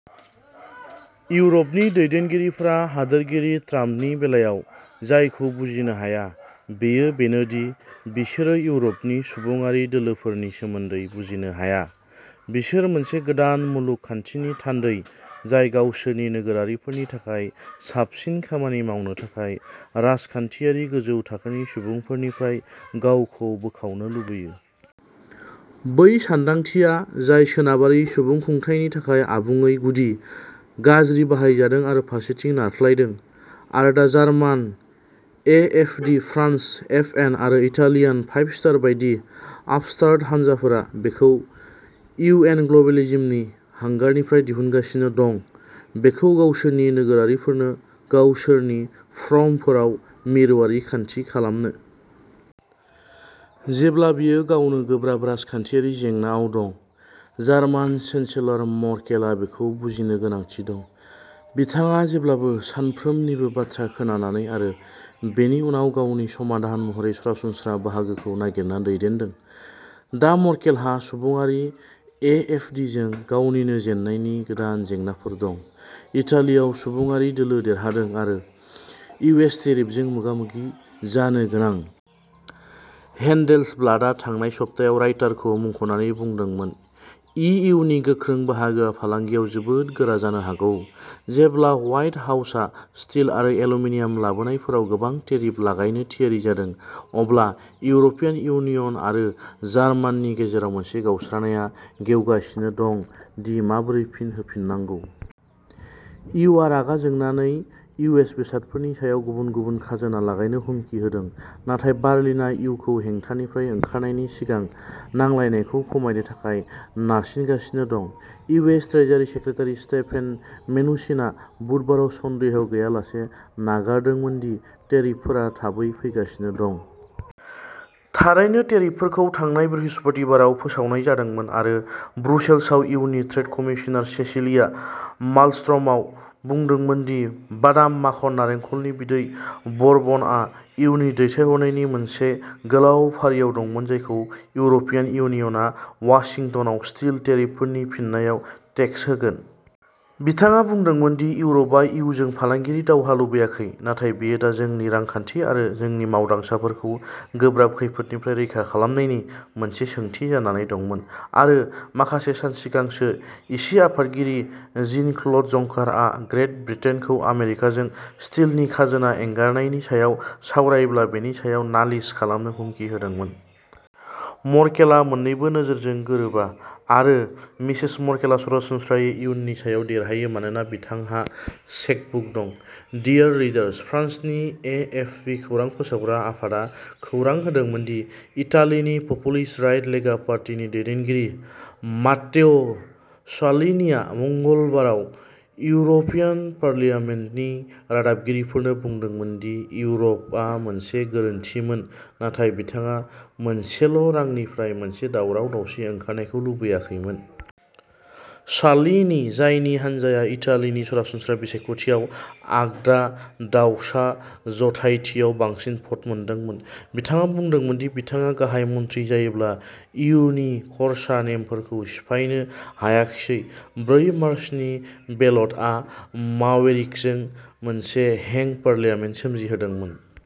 इउरपनि दैदेनगिरिफोरा हादोरगिरि ट्राम्पनि बेलायाव जायखौ बुजिनो हाया, बेयो बेनो दि बिसोरो इउरपनि सुबुंआरि दोलोफोरनि सोमोन्दै बुजिनो हाया-- बिसोर मोनसे गोदान मुलुग खान्थिनि थान्दै जाय गावसोरनि नोगोरारिफोरनि थाखाय साबसिन खामानि मावनो थाखाय राजखान्थियारि गोजौ थाखोनि सुबुंफोरनिफ्राय गावखौ बोखावनो लुबैयो। बै सानदांथिया, जाय सोनाबारि सुबुंखुंथायनि थाखाय आबुङै गुदि, गाज्रि बाहायजादों आरो फारसेथिं नारख्लायदों, आरो दा जार्मान एएफडि, फ्रान्स एफएन आरो इटालियान फाइभ-स्टार बायदि "आपस्टार्ट" हानजाफोरा बेखौ इउ. एन. ग्लबेलिजमनि हांगारनिफ्राय दिहुनगासिनो दं, बेखौ गावसोरनि नोगोरारिफोरनो गावसोरनि प्रमफोराव मिरुआरि खान्थि खालामनो। जेब्ला बियो गावनो गोब्राब राजखान्थियारि जेंनाआव दं, जार्मान चेन्सेलर मर्केलआ बेखौ बुजिनो गोनांथि दं। बिथाङा जेब्लाबो साफ्रोमनिबो बाथ्रा खोनानानै आरो बेनि उनाव गावनि समाधान महरै सरासनस्रा बाहागोखौ नागिरना दैदेनदों। दा, मर्केलहा सुबुंआरि एएफडिजों गावनिनो जेननायनि गोदान जेंनाफोर दं, इटालियाव सुबुंआरि दोलो देरहादों, आरो इउएस टेरिफजों मोगा-मोगि जानो गोनां। हेन्डेल्सब्लाटआ थांनाय सप्तायाव रायटारखौ मुंख'नानै बुंदोंमोनः "इउयनि गोख्रों बाहागोआ फालांगियाव जोबोद गोरा जानो हागौ। जेब्ला ह्वाइट हाउसआ स्टिल आरो एल्युमिनियाम लाबोनायफोराव गोबां टेरिफ लागायनो थियारि जादों, अब्ला इउर'पियान इउनियन आरो जार्मानिनि गेजेराव मोनसे गावस्रानायआ गेवगासिनो दं दि माबोरै फिन होफिननांगौ। इउआ रागा जोंनानै इउएस बेसादफोरनि सायाव गुबुन-गुबुन खाजोना लागायनो हुमखि होदों, नाथाय बार्लिना इउखौ हेंथानिफ्राय ओंखारनायनि सिगां नांलायनायखौ खमायनो थाखाय नारसिनगासिनो दं। इउएस ट्रेजारि सेक्रेटारि स्टेफेन मेनुचिनआ बुधबाराव सन्देह गैयालासे नागारदोंमोन दि टेरिफफोरा थाबै फैगासिनो दं।" थारैनो, टेरिफफोरखौ थांनाय बृहस्पतिबाराव फोसावनाय जादोंमोन। आरो, ब्रुसेल्सआव इउनि ट्रेड कमिसनार सेसिलिया मालमस्ट्र'मआ बुंदोंमोन दि बादाम माखन, नारेंखलनि बिदै, बरबनआ इउनि दैथायहरनायनि मोनसे गोलाव फारियाव दंमोन जायखौ इउर'पियान इउनियनआ वाशिंटनआव स्टिल टेरिफफोरनि फिननायाव टेक्स होगोन। बिथाङा बुंदोंमोन दि इउर'पआ इउजों फालांगियारि दावहा लुबैयाखै, नाथाय बेयो दा "जोंनि रांखान्थि आरो जोंनि मावदांसाफोरखौ गोब्राब खैफोदनिफ्राय रैखा खालामनायनि" मोनसे सोंथि जानानै दंमोन। आरो, माखासे सान सिगांसो, इसि आफादगिरि जीन-क्लद जंकारआ ग्रेट ब्रिटेनखौ आमेरिका जों स्टिलनि खाजोना एंगारनायनि सायाव सावरायोब्ला बेनि सायाव नालिस खालामनो हुमखि होदोंमोन। मर्केलआ मोननैबो नोजोरजों गोरोबा। आरो, मिसेस मर्केलआ सरासनस्रायै इयुनि सायाव देरहायो मानोना बिथांहा चेकबुक दं। • डियर रीडार्स, फ्रान्सनि एएफपि खौरां फोसावग्रा आफादआ खौरां होदोंमोन दि इटालीनि पपुलिस्ट-राइट लेगा पार्टीनि दैदेनगिरि मात्तेओ साल्विनीआ मंगलबाराव इउर'पियान पार्लियामेन्टनि रादाबगिरिफोरनो बुंदोंमोन दि इउर'आ मोनसे "गोरोन्थि" मोन नाथाय बिथाङा मोनसेल'रांनिफ्राय मोनसे दावराव-दावसि ओंखारनायखौ लुबैयाखैमोन। साल्विनी, जायनि हानजाया इटालीनि सरासनस्रा बिसायख'थियाव आगदा-दावसा जथायथियाव बांसिन भ'ट मोनदोंमोन, बिथाङा बुंदोंमोन दि बिथाङा गाहाय मन्थ्रि जायोब्ला इयुनि खर्सा नेमफोरखौ सिफायनो हायाखिसै। ब्रै मार्चनि बेलटआ मावेरिकजों मोनसे हेंग पार्लियामेन्ट सोमजिहोदोंमोन।